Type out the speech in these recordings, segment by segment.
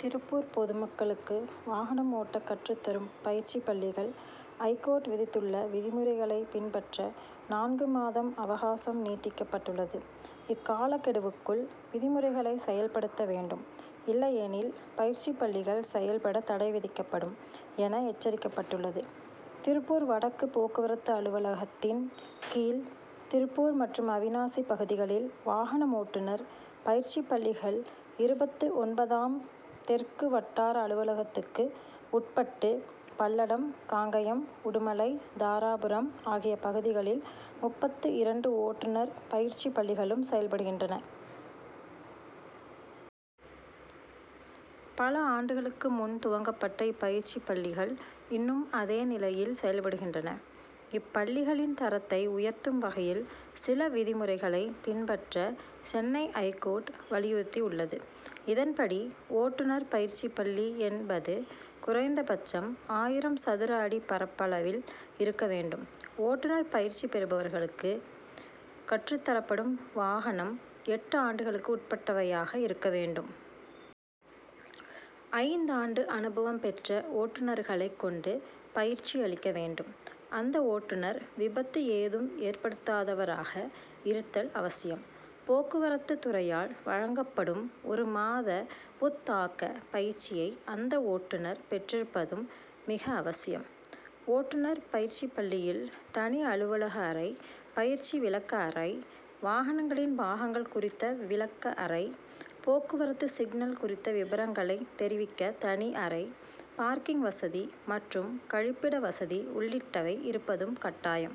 திருப்பூர் பொதுமக்களுக்கு வாகனம் ஓட்ட கற்றுத்தரும் பயிற்சி பள்ளிகள், ஐகோர்ட் விதித் துள்ள விதிமுறைகளை பின் பற்ற நான்கு மாதம் அவகாசம் நீட்டிக்கப்பட்டுள்ளது. இக் காலக்கெடுவுக்குள் விதி முறைகளை செயல்படுத்த வேண்டும். இல்லையெனில், பயிற்சி பள்ளிகள் செயல்பட தடை விதிக்கப்படும் என எச்சரிக்கப்பட்டுள்ளது. திருப்பூர் வடக்கு போக்கு வரத்து அலுவலகத்தின் கீழ் திருப்பூர் மற்றும் அவிநாசி பகுதிகளில் வாகனம் ஓட்டுனர் பயிற்சி பள்ளிகள் இருபத்து ஒன்பதாம், தெற்கு வட்டார அலுவலகத்துக்கு உட்பட்டு பல்லடம், காங்கயம், உடுமலை, தாராபுரம் ஆகிய பகுதிகளில் முப்பத்து இரண்டு ஓட்டுனர் பயிற்சி பள்ளிகளும் செயல்படுகின்றன. பல ஆண்டுகளுக்கு முன் துவங்கப்பட்ட இப்பயிற்சி பள்ளிகள், இன்னும் அதே நிலையில் செயல்படுகின்றன. இப்பள்ளிகளின் தரத்தை உயர்த்தும் வகையில், சில விதி முறைகளை பின்பற்ற சென்னை ஐகோர்ட் வலியுறுத்தி உள்ளது. இதன்படி, ஓட்டுனர் பயிற்சி பள்ளி என் பது குறைந்தபட்சம் ஆயிரம் சதுர அடி பரப்பளவில் இருக்க வேண் டும்; ஓட்டுனர் பயிற்சி பெறுபவர் களுக்கு கற்றுத்தரப்படும் வாக னம், எட்டு ஆண்டுகளுக்கு உட் பட்டவையாக இருக்க வேண்டும். ஐந்தாண்டு அனுபவம் பெற்ற ஓட்டுனர்களை கொண்டு, பயிற்சி அளிக்க வேண்டும். அந்த ஓட்டுனர், விபத்து ஏதும் ஏற்படுத் தாதவராக இருத்தல் அவசியம். போக்குவரத்து துறையால் வழங்கப்படும் ஒரு மாத புத் தாக்க பயிற்சியை அந்த ஓட்டுனர் பெற்றிருப்பதும் மிக அவசியம். ஓட்டுனர் பயிற்சி பள்ளியில் தனி அலுவலக அறை, பயிற்சி விளக்க அறை, வாகனங்களின் பாகங்கள் குறித்த விளக்க அறை, போக்குவரத்து சிக்னல் குறித்த விபரங்களை தெரிவிக்க தனி அறை, பார்க்கிங் வசதி மற்றும் கழிப்பிட வசதி உள்ளிட்டவை இருப்பதும் கட்டாயம்.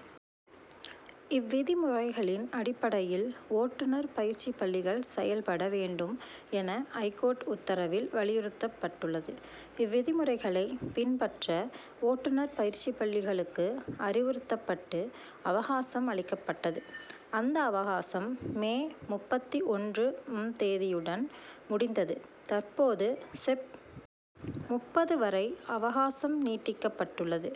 இவ்விதி முறைகளின் அடிப்படையில், ஓட்டுனர் பயிற்சி பள்ளிகள் செயல்பட வேண்டும் என, ஐகோர்ட் உத்தரவில் வலியுறுத்தப் பட்டுள்ளது. இவ்விதிமுறைகளை பின் பற்ற, ஓட்டுனர் பயிற்சி பள்ளி களுக்கு அறிவுறுத்தப்பட்டு, அவகாசம் அளிக்கப்பட்டது; அந்த அவகாசம், மே முப்பத்து ஒன்று ம் தேதியுடன் முடிந்தது. தற்போது, செப்., முப்பது வரை அவகாசம் நீட்டிக்கப்பட்டுள்ளது.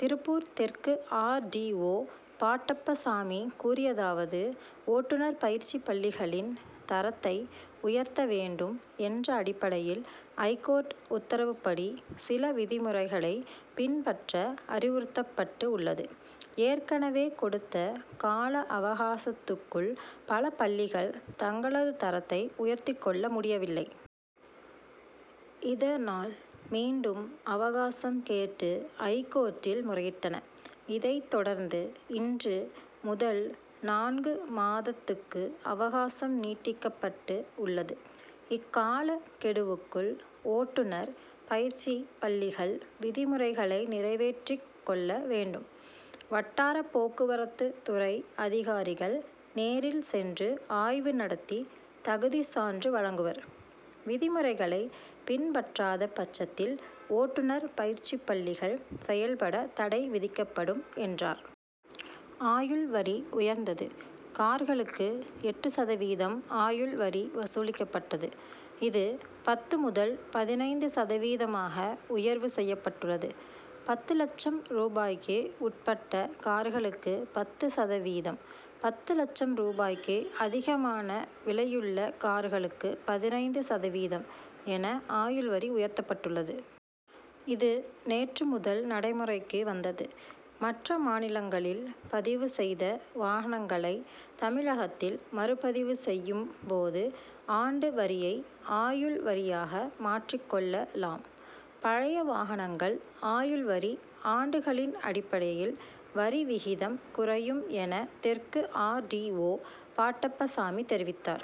திருப்பூர் தெற்கு ஆர். டி. ஓ. பாட்டப்பசாமி கூறியதாவது ஓட்டுனர் பயிற்சி பள்ளிகளின் தரத்தை உயர்த்த வேண்டும் என்ற அடிப்படையில் ஐகோர்ட் உத்தரவுப் படி, சில விதிமுறைகளை பின் பற்ற அறிவுறுத்தப்பட்டு உள்ளது. ஏற்கனவே கொடுத்த கால அவகாசத்துக்குள் பல பள்ளிகள், தங்களது தரத்தை உயர்த்திக் கொள்ள முடியவில்லை. இதனால், மீண்டும் அவகாசம் கேட்டு ஐகோர்ட்டில் முறையிட்டன. இதைத்தொடர்ந்து இன்று முதல் நான்கு மாதத் துக்கு அவகாசம் நீட்டிக்கப்பட்டு உள்ளது. இக்கால கெடுவுக்குள் ஓட்டுனர் பயிற்சி பள்ளிகள் விதிமுறைகளை நிறைவேற்றிக் கொள்ள வேண்டும். வட்டார போக்குவரத்து துறை அதிகாரி கள் நேரில் சென்று ஆய்வு நடத்தி, தகுதி சான்று வழங்குவர், விதிமுறைகளை பின்பற்றாத பட்சத்தில், ஓட்டுனர் பயிற்சி பள்ளிகள் செயல்பட தடை விதிக்கப்படும், என்றார். ஆயுள் வரி உயர்ந்தது கார்களுக்கு எட்டு சதவீதம் ஆயுள் வரி வசூலிக்கப்பட்டது. இது, பத்து முதல் பதினைந்து சதவீதமாக உயர்வு செய்யப்பட்டுள்ளது. பத்து லட்சம் ரூபாய்க்கு உட்பட்ட கார்களுக்கு பத்து சத வீதம், பத்து லட்சம் ரூபாய்க்கு அதிகமான விலையுள்ள கார்களுக்கு பதினைந்து சதவீதம் என ஆயுள் வரி உயர்த்தப்பட் டுள்ளது. இது, நேற்று முதல் நடைமுறைக்கு வந்தது. மற்ற மாநிலங்களில் பதிவு செய்த வாகனங்களை, தமிழகத்தில் மறுபதிவு செய்யும் போது, ஆண்டு வரியை ஆயுள் வரியாக மாற்றிக் கொள்ளலாம். பழைய வாகனங்கள் ஆயுள் வரி, ஆண்டுகளின் அடிப்படையில் வரி விகிதம் குறையும் என தெற்கு ஆர். டி. ஓ. பாட்டப்பசாமி தெரிவித்தார்.